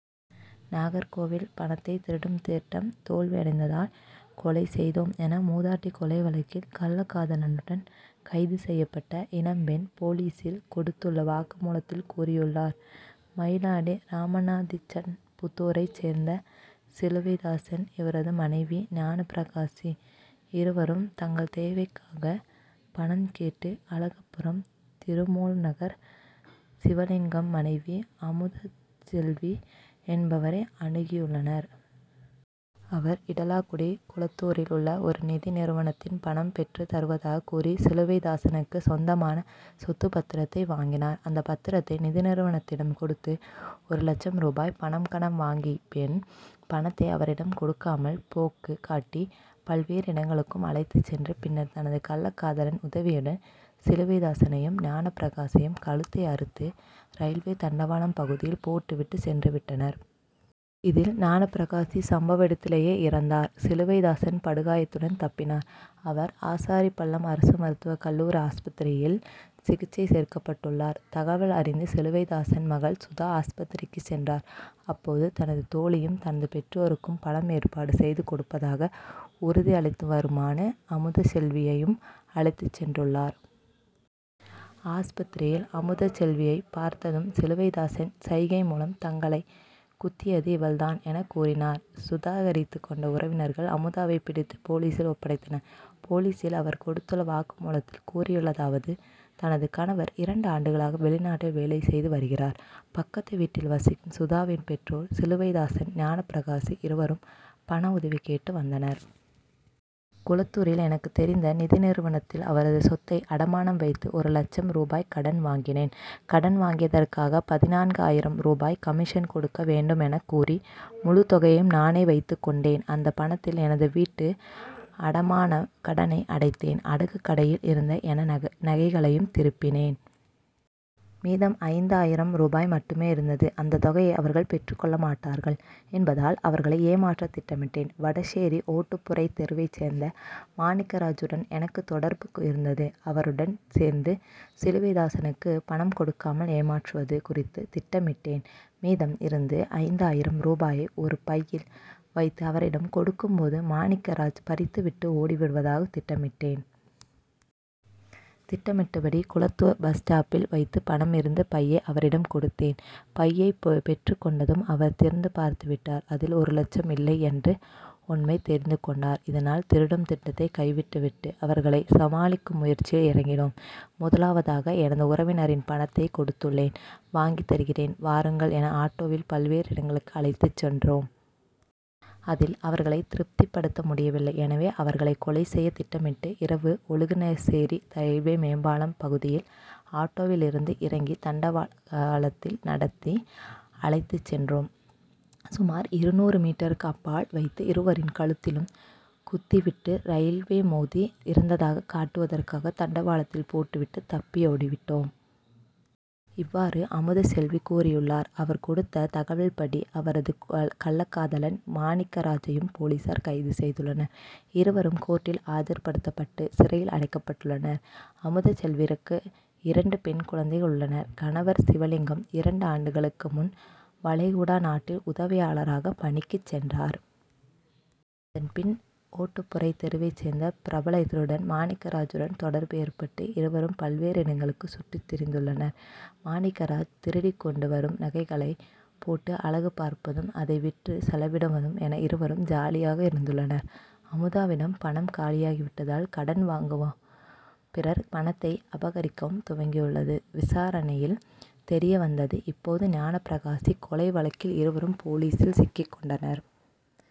நாகர்கோவில் பணத்தை திருடும் திட்டம் தோல்வி அடைந்ததால் கொலை செய்தோம் என மூதாட்டி கொலை வழக்கில் கள்ளகாதலனுடன் கைது செய்யப்பட்ட இளம் பெண் போலீசில் கொடுத்துள்ள வாக்குமூலத்தில் கூறியுள்ளார். மயிலாடி ராமனாதிச்சன்புதூரை சேர்ந்த சிலுவைதாசன் இவரது மனைவி ஞானபிரகாசி. இருவரும் தங்கள் தேவைக்காக பணம் கேட்டு அழகப்பபுரம் திருமூலநகர் சிவலிங்கம் மனைவி அமுதசெல்வி என்பவரை அணுகியுள்ளனர். அவர் இடலாக்குடி குளத்தூரில் உள்ள ஒரு நிதி நிறுவனத்தில் பணம் பெற்று தருவதாக கூறி சிலுவைதாசனுக்கு சொந்தமான சொத்து பத்திரத்தை வாங்கினார். அந்த பத்திரத்தை நிதி நிறுவனத்திடம் கொடுத்து ஒரு லட்சம் ரூபாய் பணம் கடன் வாங்கியபின் பணத்தை அவரிடம் கொடுக்காமல் போக்கு காட்டி பல்வேறு இடங்களுக்கும் அழைத்து சென்று பின்னர் தனது கள்ளகாதலன் உதவியுடன் சிலுவைதாசனையும் ஞானபிரகாசியையும் கழுத்தை அறுத்து ரயில்வே தண்டவாளம் பகுதியில் போட்டுவிட்டு சென்றுவிட்டனர். இதில் ஞானபிரகாசி சம்பவ இடத்திலேயே இறந்தார். சிலுவைதாசன் படுகாயத்துடன் தப்பினார். அவர் ஆசாரிபள்ளம் அரசு மருத்துவ கல்லூரி ஆஸ்பத்திரியில் சிகிச்சை சேர்க்கப்பட்டுள்ளார். தகவல் அறிந்த சிலுவைதாசன் மகள் சுதா ஆஸ்பத்திரிக்கு சென்றார். அப்போது தனது தோழியும் தனது பெற்றோருக்கு பணம் ஏற்பாடு செய்து கொடுப்பதாக உறுதி அளித்தவருமான அமுதசெல்வியையும் அழைத்து சென்றுள்ளார். ஆஸ்பத்திரியில் அமுதசெல்வியை பார்த்ததும் சிலுவைதாசன் சைகைமூலம் தங்களை குத்தியது இவள்தான் என கூறினார். சுதாரித்துக்கொண்ட உறவினர்கள் அமுதாவை பிடித்து போலீசில் ஒப்படைத்தனர். போலீசில் அவர் கொடுத்துள்ள வாக்குமூலத்தில் கூறியுள்ளதாவது எனது கணவர் இரண்டு ஆண்டுகளாக வெளிநாட்டில் வேலை செய்து வருகிறார். பக்கத்துவீட்டில் வசிக்கும் சுதாவின் பெற்றோர் சிலுவைதாசன் ஞானபிரகாசி இருவரும் பண உதவி கேட்டு வந்தனர். குளத்தூரில் எனக்கு தெரிந்த நிதி நிறுவனத்தில் அவரது சொத்தை அடமானம் வைத்து ஒரு லட்சம் ரூபாய் கடன் வாங்கினேன். கடன் வாங்கியதற்காக பதினான்கு ஆயிரம் ரூபாய் கமிஷன் கொடுக்க வேண்டும் என கூறி முழு தொகையையும் நானே வைத்துக்கொண்டேன். அந்த பணத்தில் எனது வீட்டு அடமான கடனை அடைத்தேன் அடகு கடையில் இருந்த என நகைகளையும் திருப்பினேன். மீதம் ஐந்து ஆயிரம் ரூபாய் மட்டுமே இருந்தது. அந்த தொகையை அவர்கள் பெற்றுக்கொள்ள மாட்டார்கள் என்பதால் அவர்களை ஏமாற்ற திட்டமிட்டேன். வடசேரி ஓட்டுப்புரை தெருவை சேர்ந்த மாணிக்கராஜூடன் எனக்கு தொடர்பு இருந்தது. அவருடன் சேர்ந்து சிலுவைதாசனுக்கு பணம் கொடுக்காமல் ஏமாற்றுவது குறித்து திட்டமிட்டேன். மீதம் இருந்த ஐந்து ஆயிரம் ரூபாயை ஒரு பையில் வைத்து அவரிடம் கொடுக்கும்போது மாணிக்கராஜ் பறித்துவிட்டு ஓடிவிடுவதாக திட்டமிட்டேன். திட்டமிட்டபடி குளத்தூர் பஸ் ஸ்டாப்பில் வைத்து பணம் இருந்த பையை அவரிடம் கொடுத்தேன். பையை பெற்றுக்கொண்டதும் அவர் திறந்து பார்த்துவிட்டார். அதில் ஒரு லட்சம் இல்லை என்ற உண்மையை தெரிந்துக்கொண்டார். இதனால் திருடும் திட்டத்தை கைவிட்டுவிட்டு அவர்களை சமாளிக்கும் முயற்சியில் இறங்கினோம். முதலாவதாக எனது உறவினரிடம் பணத்தை கொடுத்துள்ளேன் வாங்கி தருகிறேன் வாருங்கள் என ஆட்டோவில் பல்வேறு இடங்களுக்கு அழைத்து சென்றோம். அதில் அவர்களை திருப்திப்படுத்த முடியவில்லை. எனவே அவர்களை கொலை செய்ய திட்டமிட்டு இரவு ஒழுகினசேரி ரயில்வே மேம்பாலம் பகுதியில் ஆட்டோவில் இருந்து இறங்கி தண்டவாளத்தில் நடத்தி அழைத்து சென்றோம். சுமார் இருநூறு மீட்டருக்கு அப்பால் வைத்து இருவரின் கழுத்திலும் குத்திவிட்டு ரயில் மோதி இறந்ததாக காட்டுவதற்காக தண்டவாளத்தில் போட்டுவிட்டு தப்பியோடிவிட்டோம். இவ்வாறு அமுதசெல்வி கூறியுள்ளார். அவர் கொடுத்த தகவல்படி அவரது கள்ளகாதலன் மாணிக்கராஜ் யும் போலீசார் கைது செய்துள்ளனர். இருவரும் கோர்டில் ஆஜர்படுத்தப்பட்டு சிறையில் அடைக்கப்பட்டுள்ளனர். அமுதசெல்விக்கு இரண்டு பெண் குழந்தைகள் உள்ளனர். கணவர் சிவலிங்கம் இரண்டு ஆண்டுகளுக்கு முன் வளைகுடா நாட்டில் உதவியாளராக பணிக்கு சென்றார். அதன்பின் ஓட்டுப்புரை தெருவை சேர்ந்த பிரபல திருடன் மாணிக்கராஜுடன் தொடர்பு ஏற்பட்டு இருவரும் பல்வேறு இடங்களுக்கு சுற்றி திரிந்துள்ளனர். மாணிக்கராஜ் திருடி கொண்டு வரும் நகைகளை போட்டு அழகு பார்ப்பதும் அதை விற்று செலவிடுவதும் என இருவரும் ஜாலியாக இருந்துள்ளனர். அமுதாவிடம் பணம் காலியாகிவிட்டதால் கடன் வாங்குவும் பிறர் பணத்தை அபகரிக்கவும் துவங்கியுள்ளது விசாரணையில் தெரியவந்தது. இப்போது ஞானபிரகாசி கொலை வழக்கில் இருவரும் போலீசில் சிக்கிக்கொண்டனர்.